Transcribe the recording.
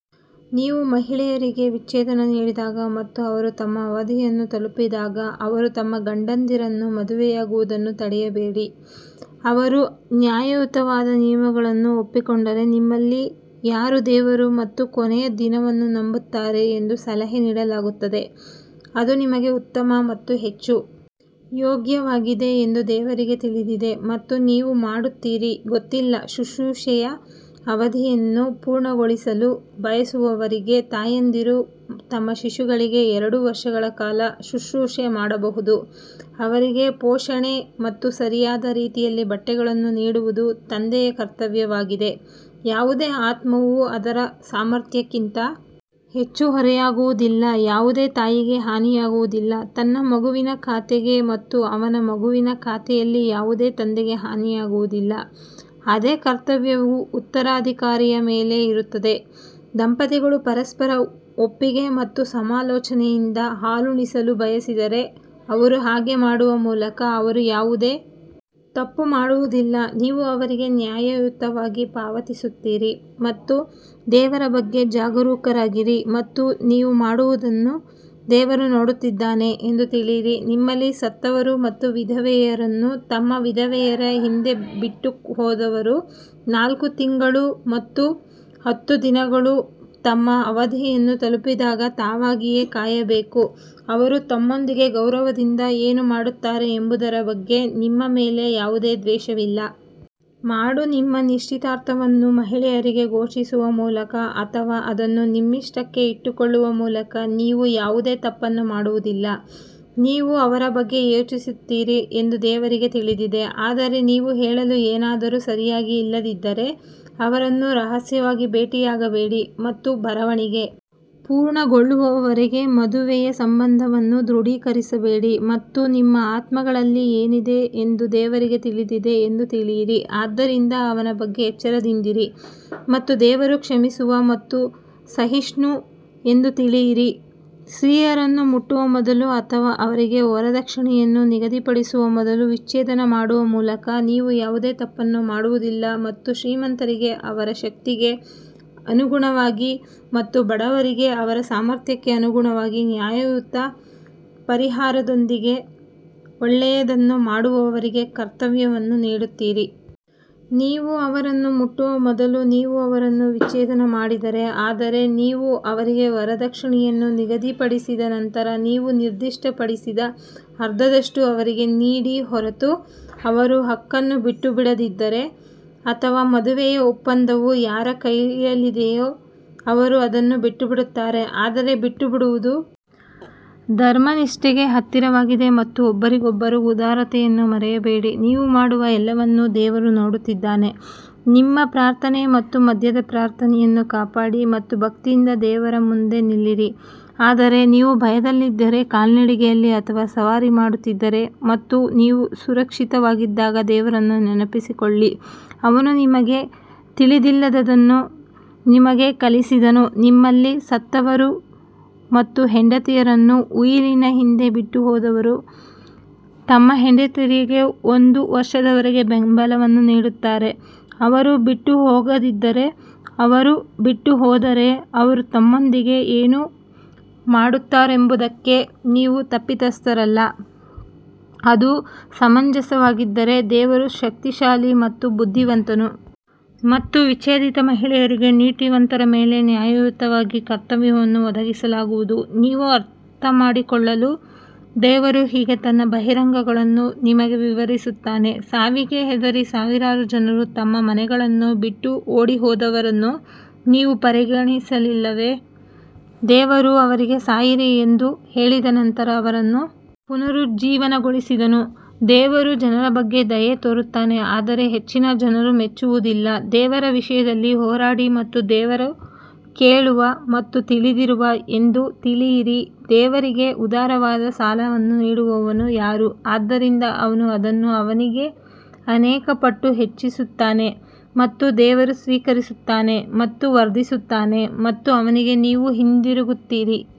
ನೀವು ಮಹಿಳೆಯರಿಗೆ ವಿಚ್ಛೇದನ ನೀಡಿದಾಗ ಮತ್ತು ಅವರು ತಮ್ಮ ಅವಧಿಯನ್ನು ತಲುಪಿದಾಗ ಅವರು ತಮ್ಮ ಗಂಡಂದಿರನ್ನು ಮದುವೆಯಾಗುವುದನ್ನು ತಡೆಯಬೇಡಿ ಅವರು ನ್ಯಾಯಯುತವಾದ ನಿಯಮಗಳನ್ನು ಒಪ್ಪಿಕೊಂಡರೆ, ನಿಮ್ಮಲ್ಲಿ ಯಾರು ದೇವರು ಮತ್ತು ಕೊನೆಯ ದಿನವನ್ನು ನಂಬುತ್ತಾರೆ ಎಂದು ಸಲಹೆ ನೀಡಲಾಗುತ್ತದೆ ಅದು ನಿಮಗೆ ಉತ್ತಮ ಮತ್ತು ಹೆಚ್ಚು ಯೋಗ್ಯವಾಗಿದೆ ಎಂದು ದೇವರಿಗೆ ತಿಳಿದಿದೆ ಮತ್ತು ನೀವು ಮಾಡುತ್ತೀರಿ ಗೊತ್ತಿಲ್ಲ ಶುಶ್ರೂಷೆಯ ಅವಧಿಯನ್ನು ಪೂರ್ಣಗೊಳಿಸಲು ಬಯಸುವವರಿಗೆ ತಾಯಂದಿರು ತಮ್ಮ ಶಿಶುಗಳಿಗೆ ಎರಡು ವರ್ಷಗಳ ಕಾಲ ಶುಶ್ರೂಷೆ ಮಾಡಬಹುದು ಅವರಿಗೆ ಪೋಷಣೆ ಮತ್ತು ಸರಿಯಾದ ರೀತಿಯಲ್ಲಿ ಬಟ್ಟೆಗಳನ್ನು ನೀಡುವುದು ತಂದೆಯ ಕರ್ತವ್ಯವಾಗಿದೆ ಯಾವುದೇ ಆತ್ಮವು ಅದರ ಸಾಮರ್ಥ್ಯಕ್ಕಿಂತ ಹೆಚ್ಚು ಹೊರೆಯಾಗುವುದಿಲ್ಲ ಯಾವುದೇ ತಾಯಿಗೆ ಹಾನಿಯಾಗುವುದಿಲ್ಲ ತನ್ನ ಮಗುವಿನ ಖಾತೆಗೆ ಮತ್ತು ಅವನ ಮಗುವಿನ ಖಾತೆಯಲ್ಲಿ ಯಾವುದೇ ತಂದೆಗೆ ಹಾನಿಯಾಗುವುದಿಲ್ಲ, ಅದೇ ಕರ್ತವ್ಯವು ಉತ್ತರಾಧಿಕಾರಿಯ ಮೇಲೆ ಇರುತ್ತದೆ, ದಂಪತಿಗಳು ಪರಸ್ಪರ ಒಪ್ಪಿಗೆ ಮತ್ತು ಸಮಾಲೋಚನೆಯಿಂದ ಹಾಲುಣಿಸಲು ಬಯಸಿದರೆ ಅವರು ಹಾಗೆ ಮಾಡುವ ಮೂಲಕ ಅವರು ಯಾವುದೇ ತಪ್ಪು ಮಾಡುವುದಿಲ್ಲ ನೀವು ಅವರಿಗೆ ನ್ಯಾಯಯುತವಾಗಿ ಪಾವತಿಸುತ್ತೀರಿ ಮತ್ತು ದೇವರ ಬಗ್ಗೆ ಜಾಗರೂಕರಾಗಿರಿ ಮತ್ತು ನೀವು ಮಾಡುವದನ್ನು ದೇವರು ನೋಡುತ್ತಿದ್ದಾನೆ ಎಂದು ತಿಳಿಯಿರಿ ನಿಮ್ಮಲ್ಲಿ ಸತ್ತವರು ಮತ್ತು ವಿಧವೆಯರನ್ನು ತಮ್ಮ ವಿಧವೆಯರ ಹಿಂದೆ ಬಿಟ್ಟುಹೋದವರು ನಾಲ್ಕು ತಿಂಗಳು ಮತ್ತು ಹತ್ತು ದಿನಗಳು ತಮ್ಮ ಅವಧಿಯನ್ನು ತಲುಪಿದಾಗ ತಾವಾಗಿಯೇ ಕಾಯಬೇಕು, ಅವರು ತಮ್ಮೊಂದಿಗೆ ಗೌರವದಿಂದ ಏನು ಮಾಡುತ್ತಾರೆ ಎಂಬುದರ ಬಗ್ಗೆ ನಿಮ್ಮ ಮೇಲೆ ಯಾವುದೇ ದೋಷವಿಲ್ಲ. ಮಾಡು ನಿಮ್ಮ ನಿಶ್ಚಿತಾರ್ಥವನ್ನು ಮಹಿಳೆಯರಿಗೆ ಘೋಷಿಸುವ ಮೂಲಕ ಅಥವಾ ಅದನ್ನು ನಿಮ್ಮಷ್ಟಕ್ಕೇ ಇಟ್ಟುಕೊಳ್ಳುವ ಮೂಲಕ ನೀವು ಯಾವುದೇ ತಪ್ಪನ್ನು ಮಾಡುವುದಿಲ್ಲ, ನೀವು ಅವರ ಬಗ್ಗೆ ಯೋಚಿಸುತ್ತೀರಿ ಎಂದು ದೇವರಿಗೆ ತಿಳಿದಿದೆ ಆದರೆ ನೀವು ಹೇಳಲು ಏನಾದರೂ ಸರಿಯಾಗಿ ಇಲ್ಲದಿದ್ದರೆ ಅವರನ್ನು ರಹಸ್ಯವಾಗಿ ಭೇಟಿಯಾಗಬೇಡಿ ಮತ್ತು ಬರವಣಿಗೆ ಪೂರ್ಣಗೊಳ್ಳುವವರೆಗೆ ಮದುವೆಯ ಸಂಬಂಧವನ್ನು ದೃಢೀಕರಿಸಬೇಡಿ ಮತ್ತು ನಿಮ್ಮ ಆತ್ಮಗಳಲ್ಲಿ ಏನಿದೆ ಎಂದು ದೇವರಿಗೆ ತಿಳಿದಿದೆ ಎಂದು ತಿಳಿಯಿರಿ ಆದ್ದರಿಂದ ಅವನ ಬಗ್ಗೆ ಎಚ್ಚರದಿಂದಿರಿ ಮತ್ತು ದೇವರು ಕ್ಷಮಿಸುವ ಮತ್ತು ಸಹಿಷ್ಣು ಎಂದು ತಿಳಿಯಿರಿ ಸ್ತ್ರೀಯರನ್ನು ಮುಟ್ಟುವ ಮೊದಲು ಅಥವಾ ಅವರಿಗೆ ವರದಕ್ಷಿಣೆಯನ್ನು ನಿಗದಿಪಡಿಸುವ ಮೊದಲು ವಿಚ್ಛೇದನ ಮಾಡುವ ಮೂಲಕ ನೀವು ಯಾವುದೇ ತಪ್ಪನ್ನು ಮಾಡುವುದಿಲ್ಲ ಮತ್ತು ಶ್ರೀಮಂತರಿಗೆ ಅವರ ಶಕ್ತಿಗೆ ಅನುಗುಣವಾಗಿ ಮತ್ತು ಬಡವರಿಗೆ ಅವರ ಸಾಮರ್ಥ್ಯಕ್ಕೆ ಅನುಗುಣವಾಗಿ ನ್ಯಾಯಯುತ ಪರಿಹಾರದೊಂದಿಗೆ ಒಳ್ಳೆಯದನ್ನು ಮಾಡುವವರಿಗೆ ಕರ್ತವ್ಯವನ್ನು ನೀಡುತ್ತೀರಿ. ನೀವು ಅವರನ್ನು ಮುಟ್ಟುವ ಮೊದಲು ನೀವು ಅವರನ್ನು ವಿಚ್ಛೇದನ ಮಾಡಿದರೆ ಆದರೆ ನೀವು ಅವರಿಗೆ ವರದಕ್ಷಿಣೆಯನ್ನು ನಿಗದಿಪಡಿಸಿದ ನಂತರ ನೀವು ನಿರ್ದಿಷ್ಟಪಡಿಸಿದ ಅರ್ಧದಷ್ಟು ಅವರಿಗೆ ನೀಡಿ ಹೊರತು ಅವರು ಹಕ್ಕನ್ನು ಬಿಟ್ಟುಬಿಡದಿದ್ದರೆ ಅಥವಾ ಮದುವೆಯ ಒಪ್ಪಂದವು ಯಾರ ಕೈಯಲ್ಲಿದೆಯೋ ಅವರು ಅದನ್ನು ಬಿಟ್ಟುಬಿಡುತ್ತಾರೆ ಆದರೆ ಬಿಟ್ಟುಬಿಡುವುದು ಧರ್ಮನಿಷ್ಠೆಗೆ ಹತ್ತಿರವಾಗಿದೆ ಮತ್ತು ಒಬ್ಬರಿಗೊಬ್ಬರು ಉದಾರತೆಯನ್ನು ಮರೆಯಬೇಡಿ ನೀವು ಮಾಡುವ ಎಲ್ಲವನ್ನೂ ದೇವರು ನೋಡುತ್ತಿದ್ದಾನೆ ನಿಮ್ಮ ಪ್ರಾರ್ಥನೆ ಮತ್ತು ಮಧ್ಯದ ಪ್ರಾರ್ಥನೆಯನ್ನು ಕಾಪಾಡಿ ಮತ್ತು ಭಕ್ತಿಯಿಂದ ದೇವರ ಮುಂದೆ ನಿಲ್ಲಿರಿ ಆದರೆ ನೀವು ಭಯದಲ್ಲಿದ್ದರೆ ಕಾಲ್ನಡಿಗೆಯಲ್ಲಿ ಅಥವಾ ಸವಾರಿ ಮಾಡುತ್ತಿದ್ದರೆ ಮತ್ತು ನೀವು ಸುರಕ್ಷಿತವಾಗಿದ್ದಾಗ ದೇವರನ್ನು ನೆನಪಿಸಿಕೊಳ್ಳಿ, ಅವನು ನಿಮಗೆ ತಿಳಿದಿಲ್ಲದದನ್ನು ನಿಮಗೆ ಕಲಿಸಿದನು ನಿಮ್ಮಲ್ಲಿ ಸತ್ತವರು ಮತ್ತು ಹೆಂಡತಿಯರನ್ನು ಉಯಿಲಿನ ಹಿಂದೆ ಬಿಟ್ಟುಹೋದವರು ತಮ್ಮ ಹೆಂಡತಿಯರಿಗೆ ಒಂದು ವರ್ಷದವರೆಗೆ ಬೆಂಬಲವನ್ನು ನೀಡುತ್ತಾರೆ ಅವರು ಬಿಟ್ಟು ಹೋಗದಿದ್ದರೆ ಅವರು ಬಿಟ್ಟುಹೋದರೆ ಅವರು ತಮ್ಮೊಂದಿಗೆ ಏನು ಮಾಡುತ್ತಾರೆಂಬುದಕ್ಕೆ ನೀವು ತಪ್ಪಿತಸ್ಥರಲ್ಲ, ಅದು ಸಮಂಜಸವಾಗಿದ್ದರೆ ದೇವರು ಶಕ್ತಿಶಾಲಿ ಮತ್ತು ಬುದ್ಧಿವಂತನು. ಮತ್ತು ವಿಚ್ಛೇದಿತ ಮಹಿಳೆಯರಿಗೆ ನೀತಿವಂತರ ಮೇಲೆ ನ್ಯಾಯಯುತವಾಗಿ ಕರ್ತವ್ಯವನ್ನು ಒದಗಿಸಲಾಗುವುದು ನೀವು ಅರ್ಥಮಾಡಿಕೊಳ್ಳಲು ದೇವರು ಹೀಗೆ ತನ್ನ ಬಹಿರಂಗಗಳನ್ನು ನಿಮಗೆ ವಿವರಿಸುತ್ತಾನೆ ಸಾವಿಗೆ ಹೆದರಿ ಸಾವಿರಾರು ಜನರು ತಮ್ಮ ಮನೆಗಳನ್ನು ಬಿಟ್ಟು ಓಡಿಹೋದವರನ್ನು ನೀವು ಪರಿಗಣಿಸಲಿಲ್ಲವೇ, ದೇವರು ಅವರಿಗೆ ಸಾಯಿರಿ ಎಂದು ಹೇಳಿದ ನಂತರ ಅವರನ್ನು ಪುನರುಜ್ಜೀವನಗೊಳಿಸಿದನು ದೇವರು ಜನರ ಬಗ್ಗೆ ದಯೆ ತೋರುತ್ತಾನೆ ಆದರೆ ಹೆಚ್ಚಿನ ಜನರು ಮೆಚ್ಚುವುದಿಲ್ಲ ದೇವರ ವಿಷಯದಲ್ಲಿ ಹೋರಾಡಿ ಮತ್ತು ದೇವರು ಕೇಳುವ ಮತ್ತು ತಿಳಿದಿರುವ ಎಂದು ತಿಳಿಯಿರಿ ದೇವರಿಗೆ ಉದಾರವಾದ ಸಾಲವನ್ನು ನೀಡುವವನು ಯಾರು, ಆದ್ದರಿಂದ ಅವನು ಅದನ್ನು ಅವನಿಗೆ ಅನೇಕ ಪಟ್ಟು ಹೆಚ್ಚಿಸುತ್ತಾನೆ ಮತ್ತು ದೇವರು ಸ್ವೀಕರಿಸುತ್ತಾನೆ ಮತ್ತು ವರ್ಧಿಸುತ್ತಾನೆ ಮತ್ತು ಅವನಿಗೆ ನೀವು ಹಿಂತಿರುಗುತ್ತೀರಿ.